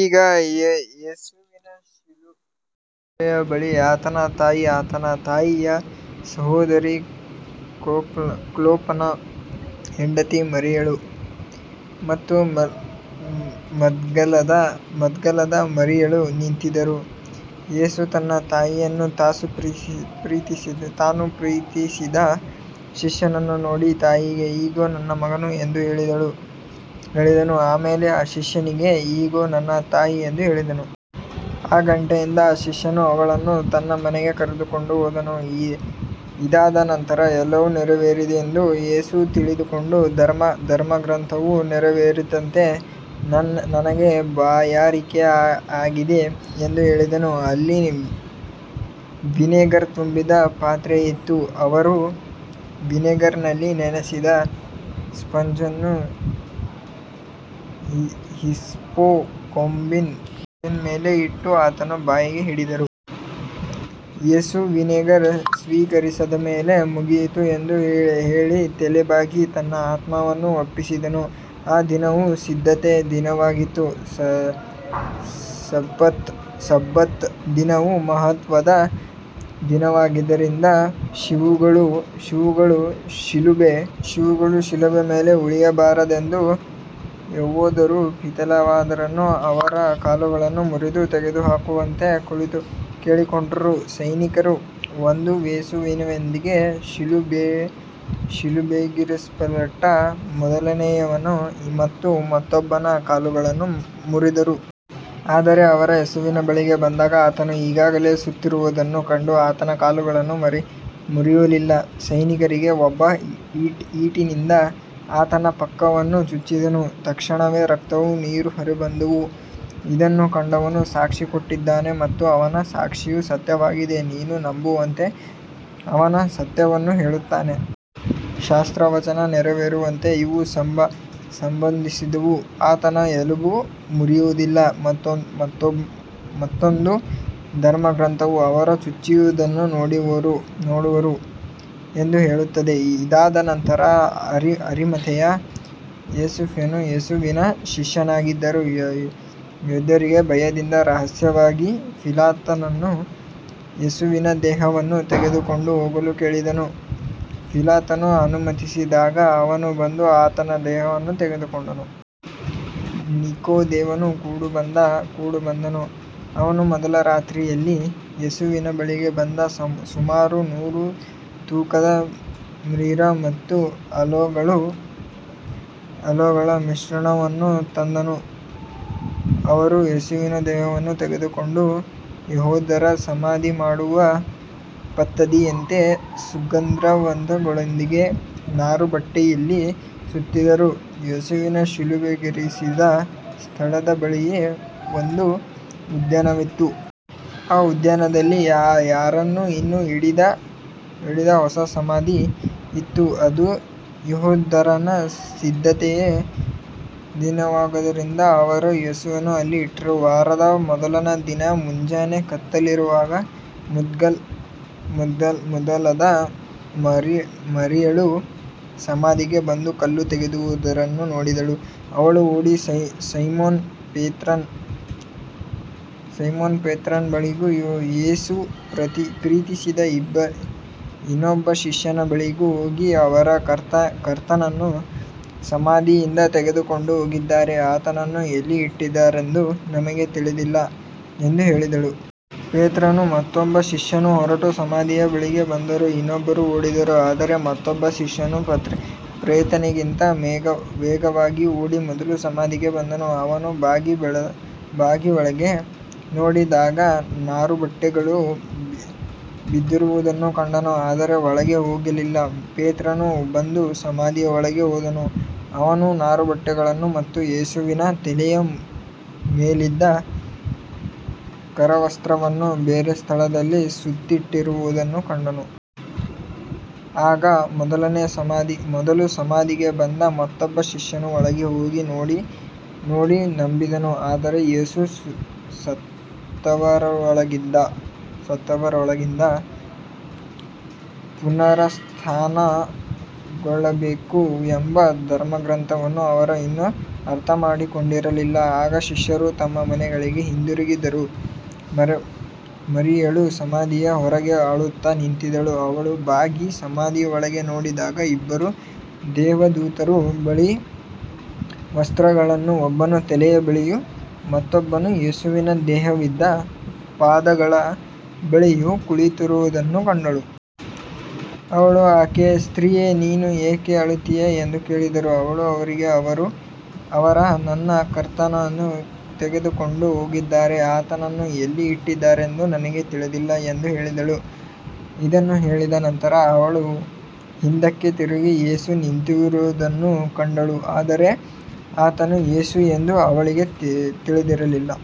ಈಗ ಯೇಸುವಿನ ಶಿಲುಬೆಯ ಬಳಿ ಆತನ ತಾಯಿ, ಆತನ ತಾಯಿಯ ಸಹೋದರಿ, ಕ್ಲೋಪನ ಹೆಂಡತಿ ಮರಿಯಳು ಮತ್ತು ಮಗ್ದಲದ ಮರಿಯಳು ನಿಂತಿದ್ದರು. ಯೇಸು ತನ್ನ ತಾಯಿಯನ್ನೂ ತಾನು ಪ್ರೀತಿಸಿದ ಶಿಷ್ಯನನ್ನೂ ನೋಡಿ, ತಾಯಿಗೆ, ಇಗೋ ನಿನ್ನ ಮಗನು ಎಂದು ಹೇಳಿದನು. ಆಮೇಲೆ ಆ ಶಿಷ್ಯನಿಗೆ, ಇಗೋ ನಿನ್ನ ತಾಯಿ ಎಂದು ಹೇಳಿದನು. ಆ ಗಂಟೆಯಿಂದ ಆ ಶಿಷ್ಯನು ಅವಳನ್ನು ತನ್ನ ಮನೆಗೆ ಕರೆದುಕೊಂಡು ಹೋದನು. ಇದಾದ ನಂತರ ಎಲ್ಲವೂ ನೆರವೇರಿದೆಯೆಂದು ಯೇಸು ತಿಳಿದುಕೊಂಡು, ಧರ್ಮಗ್ರಂಥವು ನೆರವೇರುವಂತೆ, ನನಗೆ ಬಾಯಾರಿಕೆಯಾಗಿದೆ ಎಂದು ಹೇಳಿದನು. ಅಲ್ಲಿ ವಿನೆಗರ್ ತುಂಬಿದ ಪಾತ್ರೆ ಇತ್ತು. ಅವರು ವಿನೆಗರ್‌ನಲ್ಲಿ ನೆನೆಸಿದ ಸ್ಪಂಜನ್ನು ಹಿಸ್ಸೋಪ್ ಕೊಂಬಿನ ಮೇಲೆ ಇಟ್ಟು ಆತನ ಬಾಯಿಗೆ ಹಿಡಿದರು. ಯೇಸು ವಿನೆಗರ್ ಸ್ವೀಕರಿಸಿದ ಮೇಲೆ, ಮುಗಿಯಿತು ಎಂದು ಹೇಳಿ ತಲೆಬಾಗಿ ತನ್ನ ಆತ್ಮವನ್ನು ಒಪ್ಪಿಸಿದನು. ಆ ದಿನವು ಸಿದ್ಧತೆಯ ದಿನವಾಗಿದ್ದು, ಸಬ್ಬತ್ ದಿನವು ಮಹತ್ವದ ದಿನವಾಗಿದ್ದರಿಂದ ಶವಗಳು ಶಿಲುಬೆಯ ಮೇಲೆ ಉಳಿಯಬಾರದೆಂದು ಯೆಹೂದ್ಯರು ಪಿಲಾತನನ್ನು ಅವರ ಕಾಲುಗಳನ್ನು ಮುರಿದು ತೆಗೆದುಹಾಕುವಂತೆ ಕೇಳಿಕೊಂಡರು. ಸೈನಿಕರು ಬಂದು ಯೇಸುವಿನೊಂದಿಗೆ ಶಿಲುಬೆಗೇರಿಸಲ್ಪಟ್ಟ ಮೊದಲನೆಯವನ ಮತ್ತು ಮತ್ತೊಬ್ಬನ ಕಾಲುಗಳನ್ನು ಮುರಿದರು. ಆದರೆ ಅವರು ಯೇಸುವಿನ ಬಳಿಗೆ ಬಂದಾಗ ಆತನು ಈಗಾಗಲೇ ಸತ್ತಿರುವುದನ್ನು ಕಂಡು ಆತನ ಕಾಲುಗಳನ್ನು ಮುರಿಯಲಿಲ್ಲ. ಸೈನಿಕರಲ್ಲಿ ಒಬ್ಬನು ಈಟಿಯಿಂದ ಆತನ ಪಕ್ಕವನ್ನು ಚುಚ್ಚಿದನು. ತಕ್ಷಣವೇ ರಕ್ತವೂ ನೀರೂ ಹೊರಬಂದವು. ಇದನ್ನು ಕಂಡವನು ಸಾಕ್ಷಿ ಕೊಟ್ಟಿದ್ದಾನೆ ಮತ್ತು ಅವನ ಸಾಕ್ಷಿಯು ಸತ್ಯವಾಗಿದೆ, ನೀವು ನಂಬುವಂತೆ ಅವನು ಸತ್ಯವನ್ನು ಹೇಳುತ್ತಾನೆ. ಶಾಸ್ತ್ರವಚನ ನೆರವೇರುವಂತೆ ಇವು ಸಂಭವಿಸಿದವು, ಆತನ ಎಲುಬು ಮುರಿಯುವುದಿಲ್ಲ. ಮತ್ತೊಂದು ಧರ್ಮಗ್ರಂಥವು, ಅವರು ಚುಚ್ಚಿದವನನ್ನು ನೋಡುವರು ಎಂದು ಹೇಳುತ್ತದೆ. ಇದಾದ ನಂತರ ಅರಿಮಥೆಯ ಯೋಸೇಫನು ಯೇಸುವಿನ ಶಿಷ್ಯನಾಗಿದ್ದರೂ ಯೆಹೂದ್ಯರ ಭಯದಿಂದ ರಹಸ್ಯವಾಗಿ ಪಿಲಾತನನ್ನು ಯೇಸುವಿನ ದೇಹವನ್ನು ತೆಗೆದುಕೊಂಡು ಹೋಗಲು ಕೇಳಿದನು. ಪಿಲಾತನು ಅನುಮತಿಸಿದಾಗ ಅವನು ಬಂದು ಆತನ ದೇಹವನ್ನು ತೆಗೆದುಕೊಂಡನು. ನಿಕೋದೇಮನು ಕೂಡ ಬಂದನು. ಅವನು ಮೊದಲು ರಾತ್ರಿಯಲ್ಲಿ ಯೇಸುವಿನ ಬಳಿಗೆ ಬಂದು ಸುಮಾರು ನೂರು ತೂಕದ ಮಿರ್ರ ಮತ್ತು ಅಲೋಗಳ ಮಿಶ್ರಣವನ್ನು ತಂದನು. ಅವರು ಯೇಸುವಿನ ದೇಹವನ್ನು ತೆಗೆದುಕೊಂಡು ಯೆಹೂದ್ಯರ ಸಮಾಧಿ ಮಾಡುವ ಪದ್ಧತಿಯಂತೆ ಸುಗಂಧದ್ರವ್ಯಗಳೊಂದಿಗೆ ನಾರುಬಟ್ಟೆಯಲ್ಲಿ ಸುತ್ತಿದರು. ಯೇಸುವನ್ನು ಶಿಲುಬೆಗೇರಿಸಿದ ಸ್ಥಳದ ಬಳಿಯೇ ಒಂದು ಉದ್ಯಾನವಿತ್ತು. ಆ ಉದ್ಯಾನದಲ್ಲಿ ಯಾರನ್ನೂ ಇನ್ನೂ ಇಡದ ಹೊಸ ಸಮಾಧಿ ಇತ್ತು. ಅದು ಯೆಹೂದ್ಯರ ಸಿದ್ಧತೆಯ ದಿನವಾಗಿದ್ದರಿಂದ ಅವರು ಯೇಸುವನ್ನು ಅಲ್ಲಿ ಇಟ್ಟರು. ವಾರದ ಮೊದಲ ದಿನ ಮುಂಜಾನೆ ಕತ್ತಲಿರುವಾಗ ಮಗ್ದಲದ ಮರಿಯಳು ಸಮಾಧಿಗೆ ಬಂದು ಕಲ್ಲು ತೆಗೆದಿರುವುದನ್ನು ನೋಡಿದಳು. ಅವಳು ಓಡಿ ಸೈಮೋನ ಪೇತ್ರನ ಬಳಿಗೂ ಯೇಸು ಪ್ರೀತಿಸಿದ ಇನ್ನೊಬ್ಬ ಶಿಷ್ಯನ ಬಳಿಗೂ ಹೋಗಿ, ಅವರು ಕರ್ತನನ್ನು ಸಮಾಧಿಯಿಂದ ತೆಗೆದುಕೊಂಡು ಹೋಗಿದ್ದಾರೆ, ಆತನನ್ನು ಎಲ್ಲಿ ಇಟ್ಟಿದ್ದಾರೆಂದು ನಮಗೆ ತಿಳಿದಿಲ್ಲ ಎಂದು ಹೇಳಿದಳು. ಪೇತ್ರನೂ ಮತ್ತೊಬ್ಬ ಶಿಷ್ಯನೂ ಹೊರಟು ಸಮಾಧಿಯ ಬಳಿಗೆ ಬಂದರು. ಇಬ್ಬರೂ ಓಡಿದರು, ಆದರೆ ಮತ್ತೊಬ್ಬ ಶಿಷ್ಯನು ಪೇತ್ರನಿಗಿಂತ ವೇಗವಾಗಿ ಓಡಿ ಮೊದಲು ಸಮಾಧಿಗೆ ಬಂದನು. ಅವನು ಬಾಗಿ ಒಳಗೆ ನೋಡಿದಾಗ ನಾರುಬಟ್ಟೆಗಳು ಬಿದ್ದಿರುವುದನ್ನು ಕಂಡನು, ಆದರೆ ಒಳಗೆ ಹೋಗಲಿಲ್ಲ. ಪೇತ್ರನು ಬಂದು ಸಮಾಧಿಯೊಳಗೆ ಹೋದನು. ಅವನು ನಾರುಬಟ್ಟೆಗಳನ್ನು ಮತ್ತು ಯೇಸುವಿನ ತಲೆಯ ಮೇಲಿದ್ದ ಕರವಸ್ತ್ರವನ್ನು ಬೇರೆ ಸ್ಥಳದಲ್ಲಿ ಸುತ್ತಿಟ್ಟಿರುವುದನ್ನು ಕಂಡನು. ಆಗ ಮೊದಲು ಸಮಾಧಿಗೆ ಬಂದ ಮತ್ತೊಬ್ಬ ಶಿಷ್ಯನು ಒಳಗೆ ಹೋಗಿ ನೋಡಿ ನಂಬಿದನು. ಆದರೆ ಯೇಸು ಸತ್ತವರೊಳಗಿಂದ ಪುನರುತ್ಥಾನಗೊಳ್ಳಬೇಕು ಎಂಬ ಧರ್ಮಗ್ರಂಥವನ್ನು ಅವರು ಇನ್ನೂ ಅರ್ಥಮಾಡಿಕೊಂಡಿರಲಿಲ್ಲ. ಆಗ ಶಿಷ್ಯರು ತಮ್ಮ ಮನೆಗಳಿಗೆ ಹಿಂದಿರುಗಿದರು. ಮರಿಯಳು ಸಮಾಧಿಯ ಹೊರಗೆ ಅಳುತ್ತಾ ನಿಂತಿದ್ದಳು. ಅವಳು ಬಾಗಿ ಸಮಾಧಿಯೊಳಗೆ ನೋಡಿದಾಗ ಇಬ್ಬರು ದೇವದೂತರು ಬಿಳಿ ವಸ್ತ್ರಗಳಲ್ಲಿ, ಒಬ್ಬನು ತಲೆಯ ಬಳಿಯೂ ಮತ್ತೊಬ್ಬನು ಯೇಸುವಿನ ದೇಹವಿದ್ದ ಪಾದಗಳ ಬಳಿಯೂ ಕುಳಿತಿರುವುದನ್ನು ಕಂಡಳು. ಅವರು ಆಕೆಗೆ, ಸ್ತ್ರೀಯೇ, ನೀನು ಏಕೆ ಅಳುತ್ತೀಯೆ ಎಂದು ಕೇಳಿದರು. ಅವಳು ಅವರಿಗೆ, ಅವರು ನನ್ನ ಕರ್ತನನ್ನು ತೆಗೆದುಕೊಂಡು ಹೋಗಿದ್ದಾರೆ, ಆತನನ್ನು ಎಲ್ಲಿ ಇಟ್ಟಿದ್ದಾರೆಂದು ನನಗೆ ತಿಳಿದಿಲ್ಲ ಎಂದು ಹೇಳಿದಳು. ಇದನ್ನು ಹೇಳಿದ ನಂತರ ಅವಳು ಹಿಂದಕ್ಕೆ ತಿರುಗಿ ಯೇಸು ನಿಂತಿರುವುದನ್ನು ಕಂಡಳು, ಆದರೆ ಆತನು ಯೇಸು ಎಂದು ಅವಳಿಗೆ ತಿಳಿದಿರಲಿಲ್ಲ.